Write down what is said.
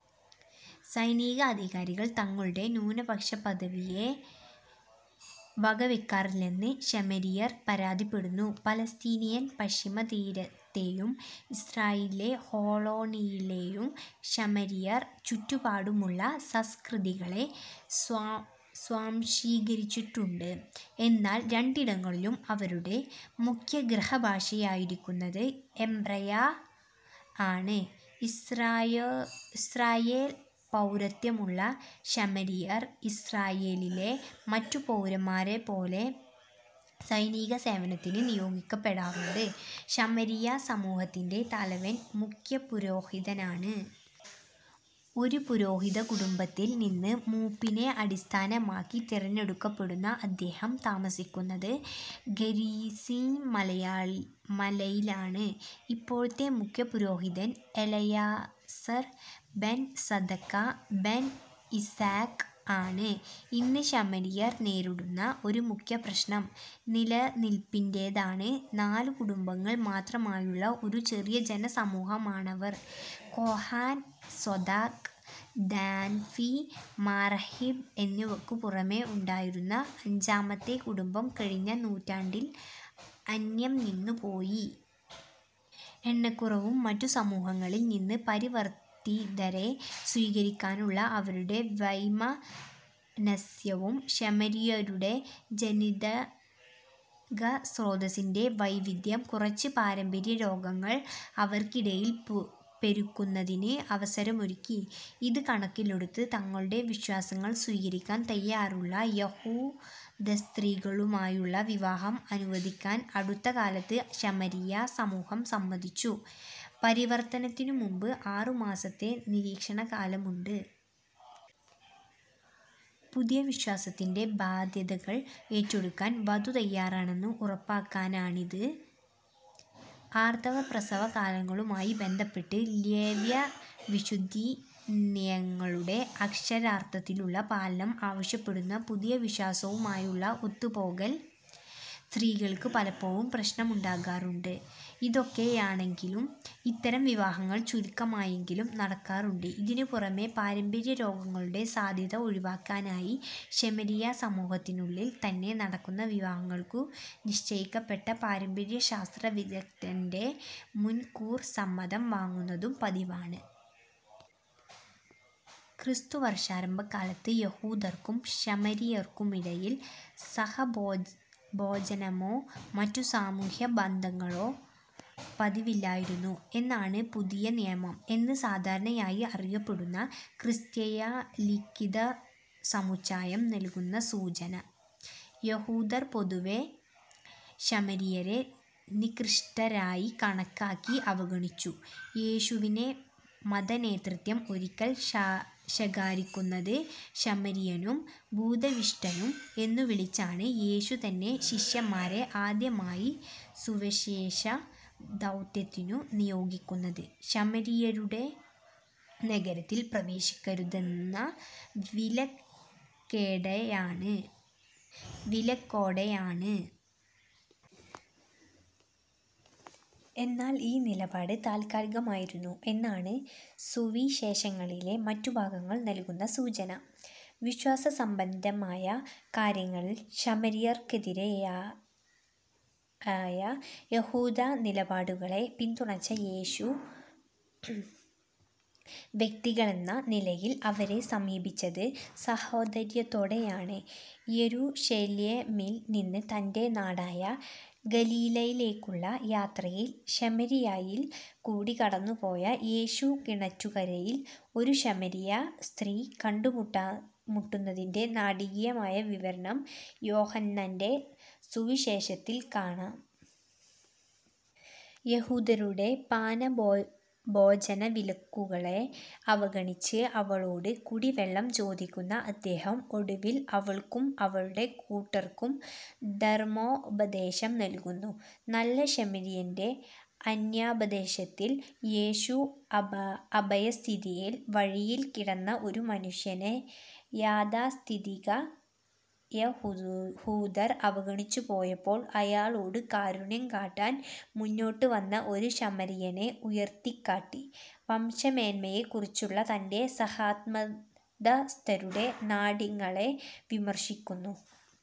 സൈനിക അധികാരികൾ തങ്ങളുടെ ന്യൂനപക്ഷപദവിയെ വകവയ്ക്കാറില്ലെന്ന് ശമരിയർ പരാതിപ്പെടുന്നു.. പലസ്തീനിയൻ പശ്ചിമതീരത്തേയും ഇസ്രായേലിലെ ഹോളോണിലേയും ശമരിയർ ചുറ്റുപാടുമുള്ള സംസ്കൃതികളെ സ്വാംശീകരിച്ചിട്ടുണ്ട്. എന്നാൽ രണ്ടിടങ്ങളിലും അവരുടെ മുഖ്യഗൃഹഭാഷയായിരിക്കുന്നത് എബ്രായ ആണ്. ഇസ്രായേൽ പൗരത്വമുള്ള ശമരിയർ, ഇസ്രായേലിലെ മറ്റു പൗരന്മാരെപ്പോലെ സൈനികസേവനത്തിന് നിയോഗിക്കപ്പെടാറുണ്ട്. ശമരിയ സമൂഹത്തിന്റെ തലവൻ മുഖ്യപുരോഹിതനാണ്. ഒരു പുരോഹിതകുടുംബത്തിൽ നിന്ന് മൂപ്പിനെ അടിസ്ഥാനമാക്കി തെരഞ്ഞെടുക്കപ്പെടുന്ന അദ്ദേഹം, താമസിക്കുന്നത് ഗെരിസിം മലയിലാണ്. ഇപ്പോഴത്തെ മുഖ്യപുരോഹിതൻ Elazar ben Tsedaka ben Yitzhaq ആണ്. ഇന്ന് ശമരിയർ നേരിടുന്ന ഒരു മുഖ്യപ്രശ്നം നിലനില്പിന്റേതാണ്. നാലു കുടുംബങ്ങൾ മാത്രമായുള്ള ഒരു ചെറിയ ജനസമൂഹമാണവർ. കോഹൻ, സെദാഖ്, ദാൻഫി, മാർഹിബ് എന്നിവക്കു പുറമേ ഉണ്ടായിരുന്ന അഞ്ചാമത്തെ കുടുംബം കഴിഞ്ഞ നൂറ്റാണ്ടിൽ അന്യം നിന്നുപോയി. എണ്ണക്കുറവും മറ്റു സമൂഹങ്ങളിൽ നിന്ന് പരിവർത്തിതരെ സ്വീകരിക്കാനുള്ള അവരുടെ വൈമനസ്യവും ശമരിയരുടെ ജനിതകസ്രോതസ്സിന്റെ വൈവിദ്ധ്യം കുറച്ച് പാരമ്പര്യരോഗങ്ങൾ അവർക്കിടയിൽ പെരുക്കുന്നതിന് അവസരമൊരുക്കി. ഇത് കണക്കിലെടുത്ത്, തങ്ങളുടെ വിശ്വാസങ്ങൾ സ്വീകരിക്കാൻ തയ്യാറുള്ള യഹൂദസ്ത്രീകളുമായുള്ള വിവാഹം അനുവദിക്കാൻ അടുത്ത കാലത്ത് ശമരിയ സമൂഹം സമ്മതിച്ചു. പരിവർത്തനത്തിനുമുൻപ് ആറുമാസത്തെ നിരീക്ഷണകാലമുണ്ട്. പുതിയ വിശ്വാസത്തിന്റെ ബാദ്ധ്യതകൾ ഏറ്റെടുക്കാൻ വധു തയ്യാറാണെന്ന് ഉറപ്പാക്കാനാണിത്. ആർത്തവ-പ്രസവ കാലങ്ങളുമായി ബന്ധപ്പെട്ട ലേവ്യ വിശുദ്ധിനിയങ്ങളുടെ അക്ഷരാർത്ഥത്തിലുള്ള പാലനം അവശ്യപ്പെടുന്ന പുതിയ വിശ്വാസവുമായുള്ള ഒത്തുപോകൽ, സ്ത്രീകൾക്ക് പലപ്പോഴും പ്രശ്നമുണ്ടാക്കാറുണ്ട്. ഇതൊക്കെയാണെങ്കിലും ഇത്തരം വിവാഹങ്ങൾ ചുരുക്കമായെങ്കിലും നടക്കാറുണ്ട്. ഇതിനുപുറമേ, പാരമ്പര്യരോഗങ്ങളുടെ സാധ്യത ഒഴിവാക്കാനായി, ശമരിയ സമൂഹത്തിനുള്ളിൽ തന്നെ നടക്കുന്ന വിവാഹങ്ങൾക്കും, നിശ്ചയിക്കപ്പെട്ട പാരമ്പര്യശാസ്ത്രവിദഗ്ദ്ധന്റെ മുൻകൂർ സമ്മതം വാങ്ങുന്നതും പതിവാണ്. ക്രിസ്തുവർഷാരംഭകാലത്ത് യഹൂദർക്കും ശമരിയർക്കുമിടയിൽ സഹഭോജനമോ മറ്റു സാമൂഹ്യബന്ധങ്ങളോ പതിവില്ലായിരുന്നു എന്നാണ് പുതിയനിയമം എന്ന് സാധാരണയായി അറിയപ്പെടുന്ന ക്രിസ്തീയലിഖിതസമുച്ചയം നൽകുന്ന സൂചന. യഹൂദർ പൊതുവേ ശമരിയരെ നികൃഷ്ടരായി കണക്കാക്കി അവഗണിച്ചു. യേശുവിനെ മതനേതൃത്വം ഒരിക്കൽ ശകാരിക്കുന്നത് "ശമരിയനും ഭൂതാവിഷ്ടനും" എന്നു വിളിച്ചാണ്. യേശു തന്നെ, ശിഷ്യന്മാരെ ആദ്യമായി സുവിശേഷ ദൗത്യത്തിനു നിയോഗിക്കുന്നത് ശമരിയരുടെ നഗരത്തിൽ പ്രവേശിക്കരുതെന്ന വിലക്കോടെയാണ്. എന്നാൽ ഈ നിലപാട് താൽക്കാലികമായിരുന്നു എന്നാണ് സുവിശേഷങ്ങളിലെ മറ്റു ഭാഗങ്ങൾ നൽകുന്ന സൂചന. വിശ്വാസസംബന്ധമായ കാര്യങ്ങളിൽ ശമരിയർക്കെതിരായ യഹൂദനിലപാടുകളെ പിന്തുണച്ച യേശു, വ്യക്തികളെന്ന നിലയിൽ അവരെ സമീപിച്ചത് സഹോദര്യത്തോടെയാണ്. യെരുശലേമിൽ നിന്ന് തന്റെ നാടായ ഗലീലായിലേക്കുള്ള യാത്രയിൽ ശമരിയായിൽ കൂടി കടന്നുപോയ യേശു കിണറ്റുകരയിൽ ഒരു ശമരിയ സ്ത്രീയെ കണ്ടുമുട്ടുന്നതിന്റെ നാടകീയമായ വിവരണം യോഹന്നാന്റെ സുവിശേഷത്തിൽ കാണാം. യഹൂദരുടെ പാനഭോജനവിലക്കുകളെ അവഗണിച്ച് അവളോട് കുടിവെള്ളം ചോദിക്കുന്ന അദ്ദേഹം ഒടുവിൽ അവൾക്കും അവളുടെ കൂട്ടർക്കും ധർമ്മോപദേശം നൽകുന്നു. നല്ല ശമരിയന്റെ അന്യാപദേശത്തിൽ യേശു, അപായസ്ഥിതിയിൽ വഴിയിൽ കിടന്ന ഒരു മനുഷ്യനെ യാഥാസ്ഥിതികയഹൂദർ അവഗണിച്ചുപോയപ്പോൾ അയാളോട് കാരുണ്യം കാട്ടാൻ മുന്നോട്ടുവന്ന ഒരു ശമരിയനെ ഉയർത്തിക്കാട്ടി, വംശമേന്മയെക്കുറിച്ചുള്ള തന്റെ സഹമതസ്ഥരുടെ നാട്യങ്ങളെ വിമർശിക്കുന്നു.